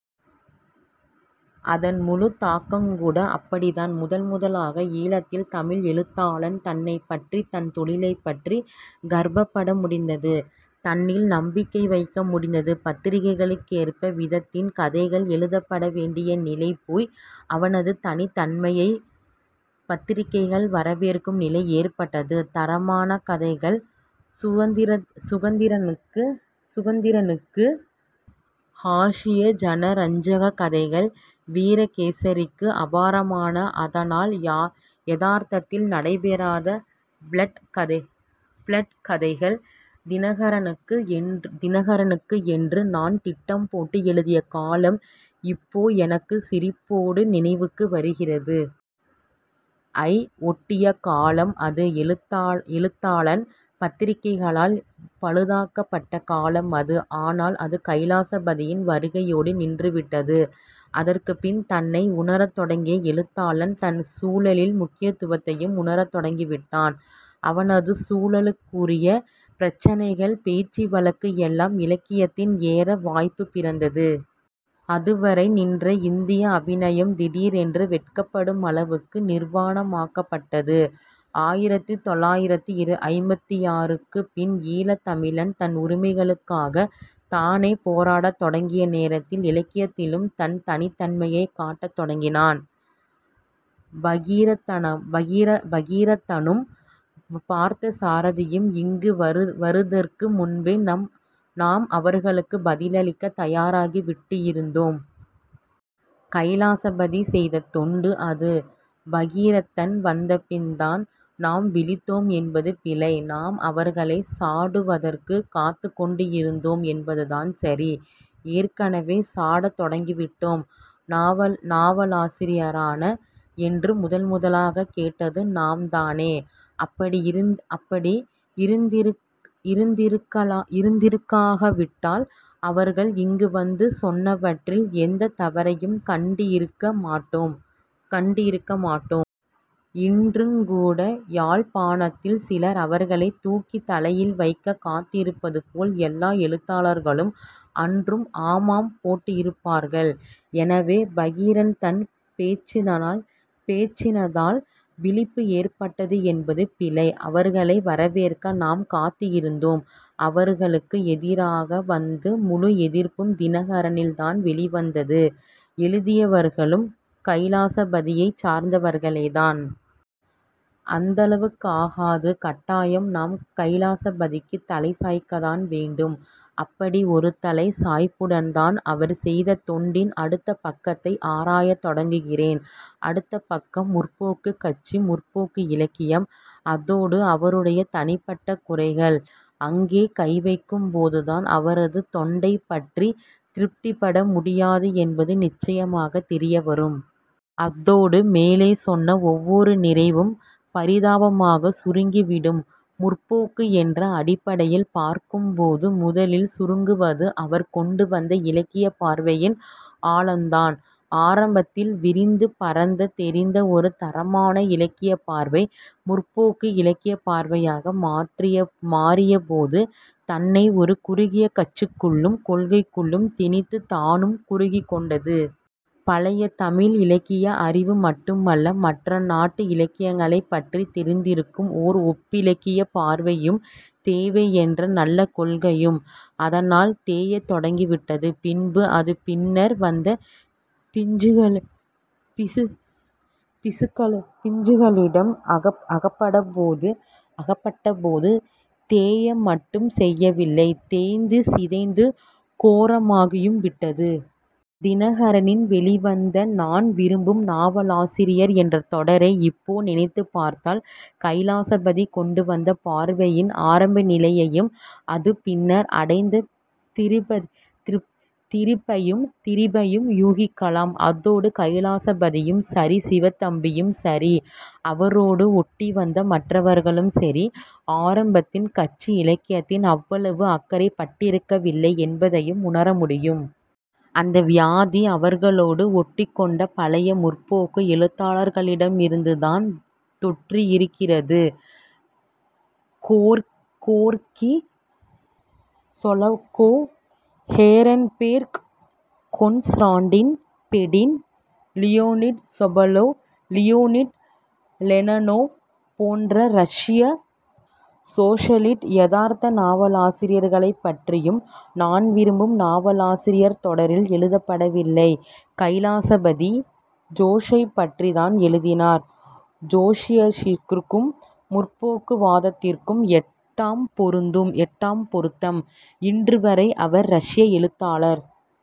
அதன் முழுத் தாக்கங்கூட அப்படித்தான். முதன் முதலாக ஈழத்தில் தமிழ் எழுத்தாளன் தன்னைப் பற்றி, தன் தொழிலைப்பற்றிக் கர்வப்பட முடிந்தது. தன்னில் நம்பிக்கை வைக்க முடிந்தது. பத்திரிகைகளுக்கேற்ற விதத்தில் கதைகள் எழுதவேண்டிய நிலை போய் அவனது தனித்தன்மையைப் பத்திரிகைகள் வரவேற்கும் நிலை ஏற்பட்டது. தரமான கதைகள் சுதந்திரனுக்கு, ஹாஸ்ய ஜனரஞ்சகக் கதைகள் 'வீரகேசரி'க்கு, அபாரமான, அதனால் யதார்த்தத்தில் நடைபெறாத 'ப்ளட்' கதைகள் 'தினகரனு'க்கு என்று நான் திட்டம் போட்டு எழுதிய காலம் இப்போ எனக்குச் சிரிப்போடு நினைவுக்கு வருகிறது. ஐ ஒட்டிய காலம் அது. எழுத்தாளன் பத்திரிகைகளால் பழுதாக்கப்பட்ட காலம் அது. ஆனால் அது கைலாசபதியின் வருகையோடு நின்றுவிட்டது. அதற்குப்பின் தன்னை உணரத் தொடங்கிய எழுத்தாளன் தன் சூழலின் முக்கியத்துவத்தையும் உணரத் தொடங்கிவிட்டான். அவனது சூழலுக்குரிய பிரச்சினைகள், பேச்சு வழக்கு எல்லாம் இலக்கியத்தில் ஏற வாய்ப்பு பிறந்தது. அதுவரை நின்ற இந்திய அபிநயம் திடீரென்று வெட்கப்படுமளவுக்கு நிர்வாணமாக்கப்பட்டது. ஆயிரத்து தொள்ளாயிரத்து ஐம்பத்தாறு-க்குப் பின் ஈழத் தமிழன் தன் உரிமைகளுக்காகத் தானே போராடத் தொடங்கிய நேரத்தில் இலக்கியத்திலும் தன் தனித்தன்மையைக் காட்டத் தொடங்கினான். பகீரதனும் பார்த்தசாரதியும் இங்கு வருதற்கு முன்பே நாம் அவர்களுக்குப் பதிலளிக்கத் தயாராகிவிட்டிருந்தோம். கைலாசபதி செய்த தொண்டு அது. பகீரதன் வந்தபின்தான் நாம் விழித்தோம் என்பது பிழை. நாம் அவர்களைச் சாடுவதற்குக் காத்துக் கொண்டிருந்தோம் என்பதுதான் சரி. ஏற்கனவே சாடத் தொடங்கிவிட்டோம். நாவலாசிரியரா?' என்று முதன்முதலாகக் கேட்டது நாம்தானே? அப்படி இருந்திருக்காவிட்டால் அவர்கள் இங்கு வந்து சொன்னவற்றில் எந்தத் தவறையும் கண்டிருக்க மாட்டோம். இன்றுங்கூட யாழ்ப்பாணத்தில் சிலர் அவர்களைத் தூக்கித் தலையில் வைக்கக் காத்திருப்பதுபோல் எல்லா எழுத்தாளர்களும் அன்றும் ஆமாம் போட்டிருப்பார்கள். எனவே, பகீரதன் பேசினதால் விழிப்பு ஏற்பட்டது என்பது பிழை. அவர்களை 'வரவேற்க' நாம் காத்திருந்தோம். அவர்களுக்கு எதிராக வந்த முழு எதிர்ப்பும் 'தினகரனி'ல் தான் வெளிவந்தது. எழுதியவர்களும் கைலாசபதியைச் சார்ந்தவர்களேதான். அந்தளவுக்காவது கட்டாயம் நாம் கைலாசபதிக்குத் தலை சாய்க்கத்தான் வேண்டும். அப்படி ஒரு தலை சாய்ப்புடன்தான் அவர் செய்த தொண்டின் அடுத்த பக்கத்தை ஆராயத் தொடங்குகிறேன். அடுத்த பக்கம் 'முற்போக்கு'க் கட்சி, 'முற்போக்கு' இலக்கியம், அதோடு அவருடைய தனிப்பட்ட குறைகள். அங்கே கைவைக்கும்போதுதான் அவரது தொண்டைப் பற்றித் திருப்திப்படமுடியாது என்பது நிச்சயமாகத் தெரியவரும். அதோடு மேலே சொன்ன ஒவ்வொரு நிறைவும் பரிதாபமாகச் சுருங்கிவிடும். 'முற்போக்கு' என்ற அடிப்படையில் பார்க்கும்போது முதலில் சுருங்குவது அவர் கொண்டுவந்த இலக்கியப் பார்வையின் ஆழந்தான். ஆரம்பத்தில் விரிந்து பரந்து தெரிந்த ஒரு தரமான இலக்கியப் பார்வை 'முற்போக்கு' இலக்கியப் பார்வையாக மாறியபோது தன்னை ஒரு குறுகிய கட்சிக்குள்ளும் கொள்கைக்குள்ளும் திணித்துத் தானும் குறுகிக்கொண்டது. பழைய தமிழ் இலக்கிய அறிவு மட்டுமல்ல மற்ற நாட்டு இலக்கியங்களைப் பற்றித் தெரிந்திருக்கும் ஓர் ஒப்பிலக்கியப் பார்வையும் தேவை என்ற நல்ல கொள்கையும் அதனால் தேயத் தொடங்கிவிட்டது. பின்பு, அது பின்னர் வந்த பிஞ்சுகளிடம் அகப்பட்டபோது தேய மட்டும் செய்யவில்லை, தேய்ந்து சிதைந்து கோரமாகியும் விட்டது. 'தினகரனி'ல் வெளிவந்த 'நான் விரும்பும் நாவலாசிரியர்' என்ற தொடரை இப்போ நினைத்துப் பார்த்தால் கைலாசபதி கொண்டுவந்த பார்வையின் ஆரம்ப நிலையையும் அது பின்னர் அடைந்த திரிபையும் யூகிக்கலாம். அதோடு, கைலாசபதியும் சரி, சிவத்தம்பியும் சரி, அவரோடு ஒட்டிவந்த மற்றவர்களும் சரி, ஆரம்பத்தில் கட்சி இலக்கியத்தில் அவ்வளவு அக்கறைப்பட்டிருக்கவில்லை என்பதையும் உணர முடியும். அந்த வியாதி, அவர்களோடு ஒட்டிக்கொண்ட பழைய 'முற்போக்கு' எழுத்தாளர்களிடமிருந்துதான் தொற்றியிருக்கிறது. Gorky, Sholokhov, Ehrenburg, Konstantin Fedin, Leonid Sobolev, Leonid Leonov போன்ற ரஷ்ய சோஷலிஸ்ட் யதார்த்த நாவலாசிரியர்களைப்பற்றியும் 'நான் விரும்பும் நாவலாசிரியர்' தொடரில் எழுதப்படவில்லை. கைலாசபதி, ஜொய்ஸைப்பற்றித்தான் எழுதினார். ஜொய்ஸிற்கும் 'முற்போக்கு' வாதத்திற்கும் எட்டாம் பொருத்தம். இன்றுவரை அவரை ரஷ்ய எழுத்தாளர்